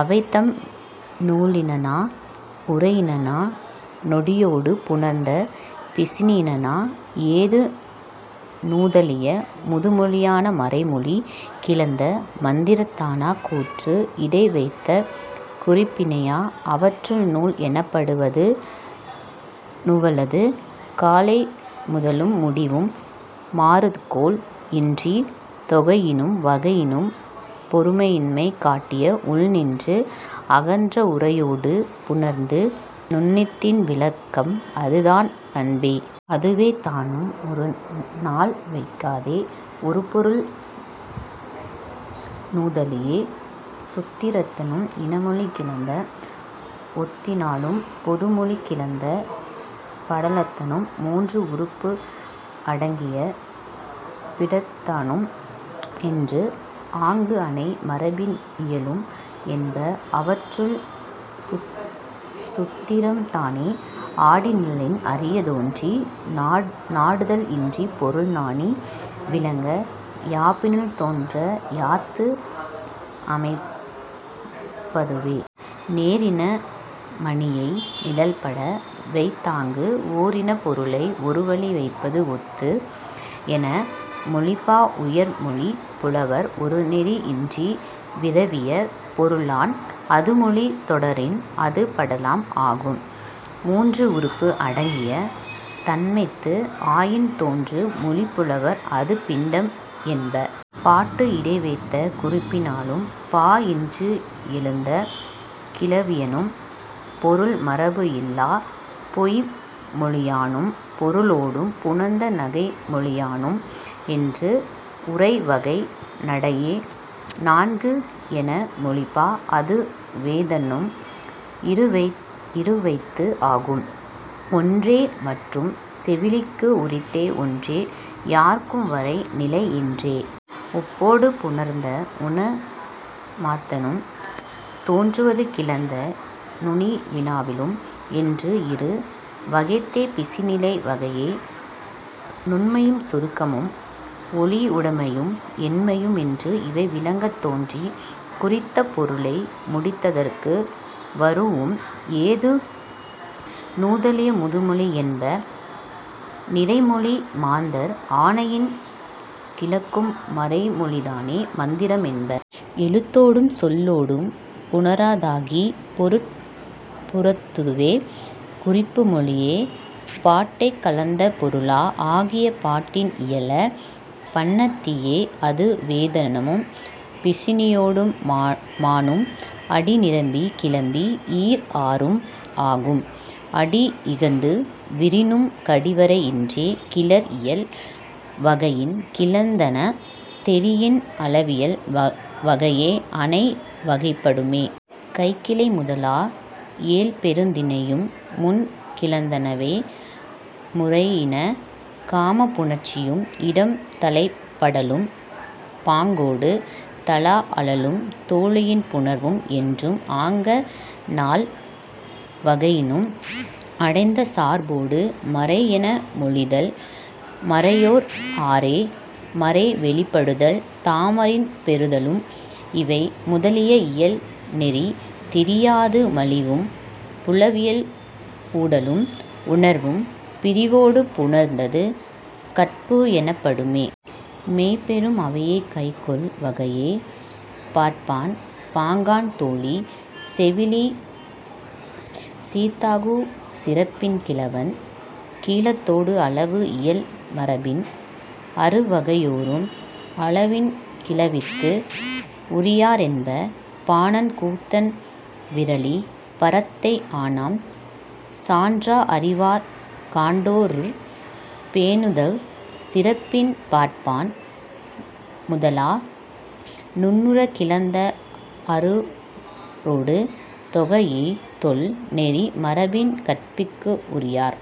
அவைதாம், நூலினான உரையினான நொடியொடு புணர்ந்த பிசியினான ஏது நுதலிய முதுமொழியான மறை மொழி கிளந்த மந்திரத்தான கூற்று இடை வைத்த குறிப்பினான. அவற்றுள், நூல் எனப்படுவது நுவலும் காலை முதலும் முடிவும் மாறுகோள் இன்றி தொகையினும் வகையினும் பொருண்மை காட்டி உள் நின்று அகன்ற உரையொடு புணர்ந்து நுண்ணிதின் விளக்கல் அது அதன் பண்பே. அதுவேதானும் ஒரு நால் வகைத்தே. ஒரு பொருள் நுதலிய சூத்திரத்தானும் இன மொழி கிளந்த ஓத்தினானும் பொது மொழி கிளந்த படலத்தானும் மூன்று உறுப்பு அடக்கிய பிண்டத்தானும் என்று ஆங்கு அனை மரபின் இயலும் என்ப. அவற்றுள், சூத்திரம்தானே ஆடி நிழலின் அறியத் தோன்றி நாடுதல் இன்றிப் பொருள் நனி விளங்க யாப்பினுள் தோன்ற யாத்து அமைப்பதுவே. நேர் இன மணியை நிரல்பட வைத்தாங்கு ஓர் இனப் பொருளை ஒரு வழி வைப்பது ஓத்து என மொழிப உயர் மொழிப் புலவர். ஒரு நெறி இன்றி விரவிய பொருளான் பொது மொழி தொடரின் அது படலம் ஆகும். மூன்று உறுப்பு அடக்கிய தன்மைத்து ஆயின் தோன்று மொழிப் புலவர் அது பிண்டம் என்ப. பாட்டு இடை வைத்த குறிப்பினானும் பா இன்று எழுந்த கிளவியானும் பொருள் மரபு இல்லாப் பொய்ம்மொழியானும் பொருளொடு புணர்ந்த நகைமொழியானும் என்று உரை வகை நடையே நான்கு என மொழிப. அதுவேதானும் இரு வகைத்து ஆகும். ஒன்றே மற்றும் செவிலிக்கு உரித்தே ஒன்றே யார்க்கும் வரை நிலை இன்றே. ஒப்பொடு புணர்ந்த உவமத்தானும் தோன்றுவது கிளந்த துணிவினானும் என்று இரு வகைத்தே பிசி நிலை வகையே. நுண்மையும் சுருக்கமும் ஒளியுடைமையும் எண்மையும் என்று இவை விளங்கத் தோன்றி குறித்த பொருளை முடித்தற்கு வரூஉம் ஏது நுதலிய முதுமொழி என்ப. நிறைமொழி மாந்தர் ஆணையின் கிளக்கும் மறைமொழிதானே மந்திரம் என்ப. எழுத்தொடும் சொல்லொடும் புணராதாகி பொருட்புறத்ததுவே குறிப்பு மொழியே. பாட்டிடைக் கலந்த பொருள ஆகி பாட்டின் இயல பண்ணத்திய்யே. அதுவேதானும் பிசியொடு மானும். அடி நிமிர் கிளவி ஈர் ஆறு ஆகும் அடி இகந்து வரினும் கடி வரை இன்றே. கிளர் இயல் வகையின் கிளந்தன தெரியின் அளவியல் வகையே அனை வகைப்படுமே. கைக்கிளை முதலா ஏழ் பெருந் திணையும் முன் கிளந்தனவே முறையினான. காமப் புணர்ச்சியும் இடம் தலைப்படலும் பாங்கொடு தழாஅலும் தோழியின் புணர்வும் என்று ஆங்க நால் வகையினும் அடைந்த சார்பொடு மறை என மொழிதல் மறையோர் ஆறே. மறை வெளிப்படுதலும் தமரின் பெறுதலும் இவை முதலாகிய இயல் நெறி திரியாது மலிவும் புலவியும் ஊடலும் உணர்வும் பிரிவொடு புணர்ந்தது கற்பு எனப்படுமே. மெய் பெறும் அவையே கைகோள் வகையே. பார்ப்பான் பாங்கன் தோழி செவிலி சீர்த்தகு சிறப்பின் கிழவன் கிழத்தியொடு அளவு இயல் மரபின் அறு வகையோரும் களவின் கிளவிக்கு உரியர் என்ப. பாணன் கூத்தன் விறலி பரத்தை ஆணம் சான்ற அறிவர் கண்டோ ர் பேணுதகு சிறப்பின் பார்ப்பான் முதலா முன்னுறக் கிளந்த அறுவரொடு தொகைஇ தொல் நெறி மரபின் கற்பிற்கு உரியர்.